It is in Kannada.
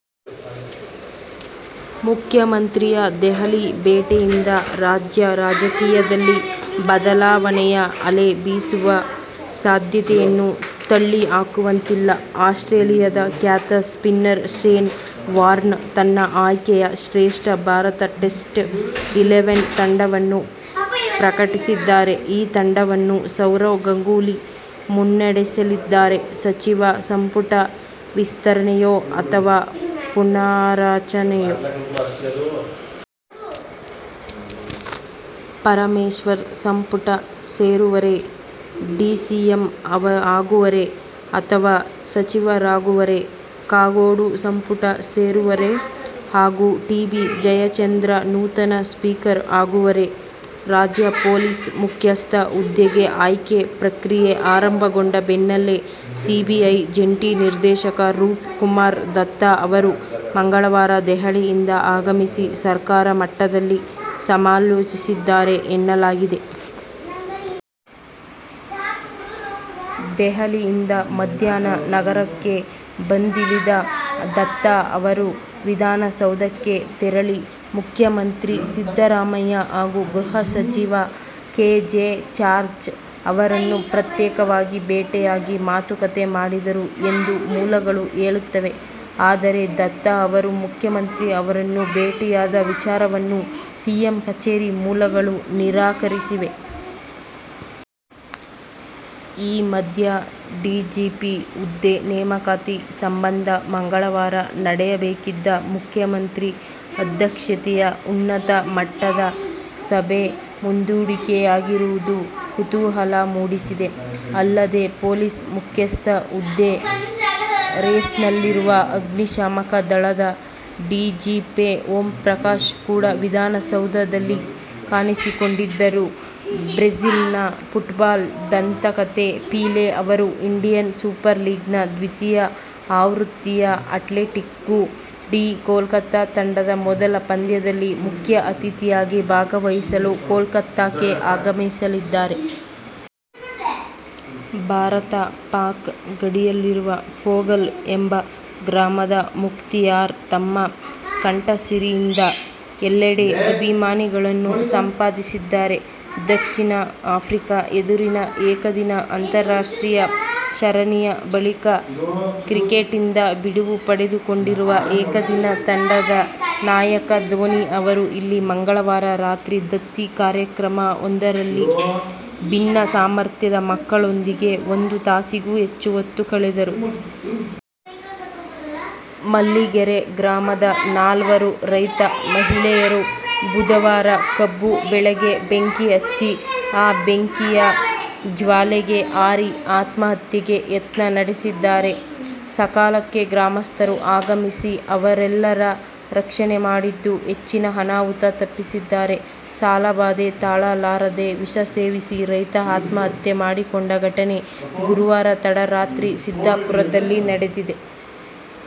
ಮುಖ್ಯಮಂತ್ರಿಯ ದೆಹಲಿ ಭೇಟಿಯಿಂದ ರಾಜ್ಯ ರಾಜಕೀಯದಲ್ಲಿ ಬದಲಾವಣೆಯ ಅಲೆ ಬೀಸುವ ಸಾಧ್ಯತೆಯನ್ನು ತಳ್ಳಿಹಾಕುವಂತಿಲ್ಲ. ಆಸ್ಟ್ರೇಲಿಯದ ಖ್ಯಾತ ಸ್ಪಿನ್ನರ್ ಶೇನ್ ವಾರ್ನ್ ತನ್ನ ಆಯ್ಕೆಯ ಶ್ರೇಷ್ಠ ಭಾರತ ಟೆಸ್ಟ್ ಇಲೆವೆನ್ ತಂಡವನ್ನು ಪ್ರಕಟಿಸಿದ್ದಾರೆ. ಈ ತಂಡವನ್ನು ಸೌರವ್ ಗಂಗೂಲಿ ಮುನ್ನಡೆಸಲಿದ್ದಾರೆ. ಸಚಿವ ಸಂಪುಟ ವಿಸ್ತರಣೆಯೋ ಅಥವಾ ಪುನಾರಚನೆಯೋ? ಪರಮೇಶ್ವರ್ ಸಂಪುಟ ಸೇರುವರೇ, ಡಿಸಿಎಂ ಆಗುವರೇ ಅಥವಾ ಸಚಿವರಾಗುವರೇ? ಕಾಗೋಡು ಸಂಪುಟ ಸೇರುವರೇ ಹಾಗೂ ಟಿ. ಬಿ. ಜಯಚಂದ್ರ ನೂತನ ಸ್ಪೀಕರ್ ಆಗುವರೇ? ರಾಜ್ಯ ಪೊಲೀಸ್ ಮುಖ್ಯಸ್ಥ ಹುದ್ದೆಗೆ ಆಯ್ಕೆ ಪ್ರಕ್ರಿಯೆ ಆರಂಭಗೊಂಡ ಬೆನ್ನಲ್ಲೇ ಸಿಬಿಐ ಜಂಟಿ ನಿರ್ದೇಶಕ ರೂಪ್ ಕುಮಾರ್ ದತ್ತಾ ಅವರು ಮಂಗಳವಾರ ದೆಹಲಿಯಿಂದ ಆಗಮಿಸಿ ಸರ್ಕಾರ ಮಟ್ಟದಲ್ಲಿ ಸಮಾಲೋಚಿಸಿದ್ದಾರೆ ಎನ್ನಲಾಗಿದೆ. ದೆಹಲಿಯಿಂದ ಮಧ್ಯಾಹ್ನ ನಗರಕ್ಕೆ ಬಂದಿಳಿದ ದತ್ತಾ ಅವರು, ವಿಧಾನಸೌಧಕ್ಕೆ ತೆರಳಿ ಮುಖ್ಯಮಂತ್ರಿ ಸಿದ್ದರಾಮಯ್ಯ ಹಾಗೂ ಗೃಹ ಸಚಿವ ಕೆ. ಜೆ. ಜಾರ್ಜ್ ಅವರನ್ನು ಪ್ರತ್ಯೇಕವಾಗಿ ಭೇಟಿಯಾಗಿ ಮಾತುಕತೆ ಮಾಡಿದರು ಎಂದು ಮೂಲಗಳು ಹೇಳುತ್ತವೆ. ಆದರೆ, ದತ್ತಾ ಅವರು ಮುಖ್ಯಮಂತ್ರಿ ಅವರನ್ನು ಭೇಟಿಯಾದ ವಿಚಾರವನ್ನು ಸಿಎಂ ಕಚೇರಿ ಮೂಲಗಳು ನಿರಾಕರಿಸಿವೆ. ಈ ಮಧ್ಯೆ ಡಿಜಿಪಿ ಹುದ್ದೆ ನೇಮಕಾತಿ ಸಂಬಂಧ ಮಂಗಳವಾರ ನಡೆಯಬೇಕಿದ್ದ ಮುಖ್ಯಮಂತ್ರಿ ಅಧ್ಯಕ್ಷತೆಯ ಉನ್ನತ ಮಟ್ಟದ ಸಭೆ ಮುಂದೂಡಿಕೆಯಾಗಿರುವುದು ಕುತೂಹಲ ಮೂಡಿಸಿದೆ. ಅಲ್ಲದೆ ಪೊಲೀಸ್ ಮುಖ್ಯಸ್ಥ ಹುದ್ದೆ ರೇಸ್ನಲ್ಲಿರುವ ಅಗ್ನಿಶಾಮಕ ದಳದ ಡಿಜಿಪಿ ಓಂಪ್ರಕಾಶ್ ಕೂಡ ವಿಧಾನಸೌಧಲ್ಲಿ ಕಾಣಿಸಿಕೊಂಡಿದ್ದರು. ಬ್ರಝಿಲ್ನ ಫುಟ್ಬಾಲ್ ದಂತಕತೆ ಪೀಲೆ ಅವರು ಇಂಡಿಯನ್ ಸೂಪರ್ ಲೀಗ್ ನ ದ್ವಿತೀಯ ಆವೃತ್ತಿಯ ಅಟ್ಲೆಟಿಕೊ ಡಿ ಕೋಲ್ಕತಾ ತಂಡದ ಮೊದಲ ಪಂದ್ಯದಲ್ಲಿ ಮಖ್ಯ ಅತಿಥಿಯಾಗಿ ಭಾಗವಹಿಸಲು ಕೋಲ್ಕತಾಕ್ಕೆ ಆಗಮಿಸಲಿದ್ದಾರೆ. ಭಾರತ-ಪಾಕ್ ಗಡಿಯಲ್ಲಿರುವ ಪೂಗಲ್ ಎಂಬ ಗ್ರಾಮದ ಮುಖ್ತಿಯಾರ್, ತಮ್ಮ ಕಂಠಸಿರಿಯಿಂದ ಎಲ್ಲೆಡೆ ಅಭಿಮಾನಿಗಳನ್ನು ಸಂಪಾದಿಸಿದ್ದಾರೆ. ದಕ್ಷಿಣ ಆಫ್ರಿಕಾ ಎದುರಿನ ಏಕದಿನ ಅಂತಾರಾಷ್ಟ್ರೀಯ ಸರಣಿಯ ಬಳಿಕ ಕ್ರಿಕೆಟ್ನಿಂದ ಬಿಡುವು ಪಡೆದುಕೊಂಡಿರುವ ಏಕದಿನ ತಂಡದ ನಾಯಕ ಧೋನಿ ಅವರು ಇಲ್ಲಿ ಮಂಗಳವಾರ ರಾತ್ರಿ ದತ್ತಿ ಕಾರ್ಯಕ್ರಮ ವೊಂದರಲ್ಲಿ ಭಿನ್ನ ಸಾಮರ್ಥ್ಯದ ಮಕ್ಕಳೊಂದಿಗೆ ಒಂದು ತಾಸಿಗೂ ಹೆಚ್ಚು ಹೊತ್ತು ಕಳೆದರು. ಮಲ್ಲಿಗೆರೆ ಗ್ರಾಮದ ನಾಲ್ವರು ರೈತ ಮಹಿಳೆಯರು ಬುಧವಾರ ಕಬ್ಬು ಬೆಳೆಗೆ ಬೆಂಕಿ ಹಚ್ಚಿ, ಆ ಬೆಂಕಿಯ ಜ್ವಾಲೆಗೆ ಹಾರಿ ಆತ್ಮಹತ್ಯೆಗೆ ಯತ್ನ ನಡೆಸಿದ್ದಾರೆ. ಸಕಾಲಕ್ಕೆ ಗ್ರಾಮಸ್ಥರು ಆಗಮಿಸಿ ಅವರೆಲ್ಲರ ರಕ್ಷಣೆ ಮಾಡಿದ್ದು, ಹೆಚ್ಚಿನ ಅನಾಹುತ ತಪ್ಪಿಸಿದ್ದಾರೆ. ಸಾಲಬಾಧೆ ತಾಳಲಾರದೆ ವಿಷ ಸೇವಿಸಿ ರೈತ ಆತ್ಮಹತ್ಯೆ ಮಾಡಿಕೊಂಡ ಘಟನೆ ಗುರುವಾರ ತಡರಾತ್ರಿ ಸಿದ್ದಾಪುರದಲ್ಲಿ ನಡೆದಿದೆ.